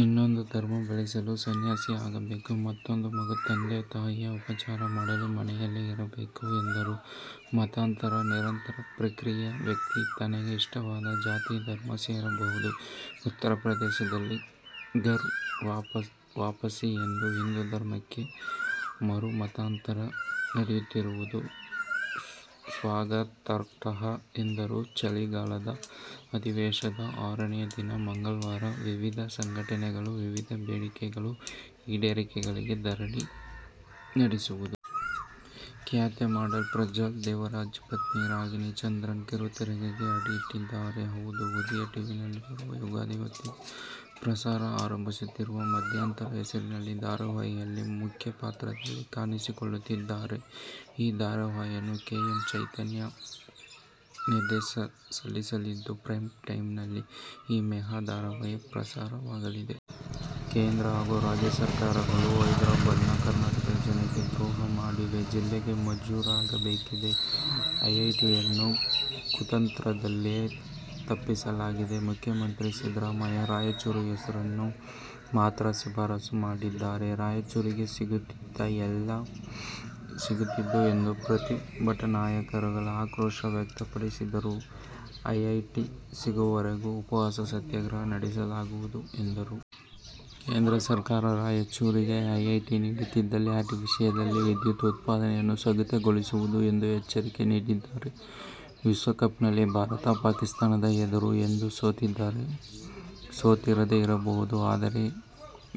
ಇನ್ನೊಂದು ಧರ್ಮ ಬೆಳೆಸಲು ಸನ್ಯಾಸಿಯಾಗಬೇಕು. ಮತ್ತೂಂದು ಮಗು ತಂದೆ-ತಾಯಿಯ ಉಪಚಾರ ಮಾಡಲು ಮನೆಯಲ್ಲಿರಬೇಕು ಎಂದರು. ಮತಾಂತರ ನಿರಂತರ ಪ್ರಕ್ರಿಯೆ. ವ್ಯಕ್ತಿ ತನಗೆ ಇಷ್ಟವಾದ, ಜಾತಿ- ಧರ್ಮ ಸೇರಬಹುದು. ಉತ್ತರಪ್ರದೇಶದಲ್ಲಿ ಘರ್ ವಾಪಸಿ ಎಂದು ಹಿಂದೂ ಧರ್ಮಕ್ಕೆ ಮರುಮತಾಂತರ ನಡೆಯುತ್ತಿರುವುದು ಸ್ವಾಗತಾರ್ಹ ಎಂದರು. ಚಳಿಗಾಲದ ಅಧಿವೇಶನದ ಆರನೇ ದಿನ ಮಂಗಳವಾರ ವಿವಿಧ ಸಂಘಟನೆಗಳು ವಿವಿಧ ಬೇಡಿಕೆಗಳ ಈಡೇರಿಕೆಗೆ ಧರಣಿ ನಡೆಸಿದವು. ಖ್ಯಾತ ಮಾಡೆಲ್, ಪ್ರಜ್ವಲ್ ದೇವರಾಜ್ ಪತ್ನಿ ರಾಗಿಣಿ ಚಂದ್ರನ್ ಕಿರುತೆರೆಗೆ ಅಡಿ ಇಟ್ಟಿದ್ದಾರೆ. ಹೌದು, ಉದಯ ಟಿವಿಯಲ್ಲಿ ಬರುವ ಯುಗಾದಿ ಹೊತ್ತಿಗೆ ಪ್ರಸಾರ ಆರಂಭಿಸುತ್ತಿರುವ "ಮಧ್ಯಂತರ' ಹೆಸರಿನ ಧಾರಾವಾಹಿಯಲ್ಲಿ ಮುಖ್ಯ ಪಾತ್ರದಲ್ಲಿ ಕಾಣಿಸಿಕೊಳ್ಳಲಿದ್ದಾರೆ. ಈ ಧಾರಾವಾಹಿಯನ್ನು ಕೆ. ಎಂ. ಚೈತನ್ಯ ನಿರ್ದೇಶಿಸಲಿದ್ದು ಪ್ರೈಮ್ ಟೈಮ್ನಲ್ಲಿ ಈ ಮೆಗಾ ಧಾರಾವಾಹಿ ಪ್ರಸಾರವಾಗಲಿದೆ. ಕೇಂದ್ರ ಹಾಗೂ ರಾಜ್ಯ ಸರ್ಕಾರಗಳು ಹೈದ್ರಾಬಾದ್ ಕರ್ನಾಟಕದ ಜನತೆಗೆ ದ್ರೋಹ ಮಾಡಿವೆ. ಜಿಲ್ಲೆಗೆ ಮಂಜೂರಾಗಬೇಕಿದ್ದ ಐಐಟಿಯನ್ನು ಕುತಂತ್ರದಿಂದಲೇ ತಪ್ಪಿಸಲಾಗಿದೆ. ಮುಖ್ಯಮಂತ್ರಿ ಸಿದ್ದರಾಮಯ್ಯ ರಾಯಚೂರು ಹೆಸರನ್ನು ಮಾತ್ರ ಶಿಫಾರಸು ಮಾಡಿದ್ದರೆ ರಾಯಚೂರಿಗೆ ಸಿಗುತ್ತಿತ್ತು ಎಂದು ಪ್ರತಿಭಟನಾಕಾರರು ಆಕ್ರೋಶ ವ್ಯಕ್ತಪಡಿಸಿದರು. ಐಐಟಿ ಸಿಗುವವರೆಗೂ ಉಪವಾಸ ಸತ್ಯಾಗ್ರಹ ನಡೆಸಲಾಗುವುದು ಎಂದರು. ಕೇಂದ್ರ ಸರ್ಕಾರ ರಾಯಚೂರಿಗೆ ಐಐಟಿ ನೀಡದಿದ್ದಲ್ಲಿ ಆರ್ಟಿಪಿಎಸ್ನಲ್ಲಿ ವಿದ್ಯುತ್ ಉತ್ಪಾದನೆಯನ್ನು ಸ್ಥಗಿತಗೊಳಿಸಲಾಗುವುದು ಎಂದು ಎಚ್ಚರಿಕೆ ನೀಡಿದರು. ವಿಶ್ವಕಪ್ನಲ್ಲಿ ಭಾರತ ಪಾಕಿಸ್ಥಾನದ ಎದುರು ಎಂದೂ ಸೋತಿರದೆ ಇರಬಹುದು. ಆದರೆ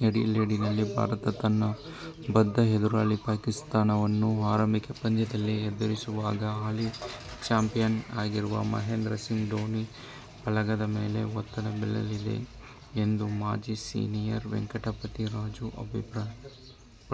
ಆ್ಯಡಿಲೇಡ್ನಲ್ಲಿ ಭಾರತ ತನ್ನ ಬದ್ಧ ಎದುರಾಳಿ ಪಾಕಿಸ್ಥಾನವನ್ನು ಆರಂಭಿಕ ಪಂದ್ಯದಲ್ಲಿ ಎದುರಿಸುವಾಗ ಹಾಲಿ ಚಾಂಪಿಯನ್ ಆಗಿರುವ ಮಹೇಂದ್ರ ಸಿಂಗ್ ಧೋನಿ ಬಳಗದ ಮೇಲೆ ಒತ್ತಡ ಬೀಳಲಿದೆ ಎಂದು ಮಾಜಿ ಸ್ಪಿನ್ನರ್ ವೆಂಕಟಪತಿ ರಾಜು ಅಭಿಪ್ರಾಯಪಡುತ್ತಾರೆ.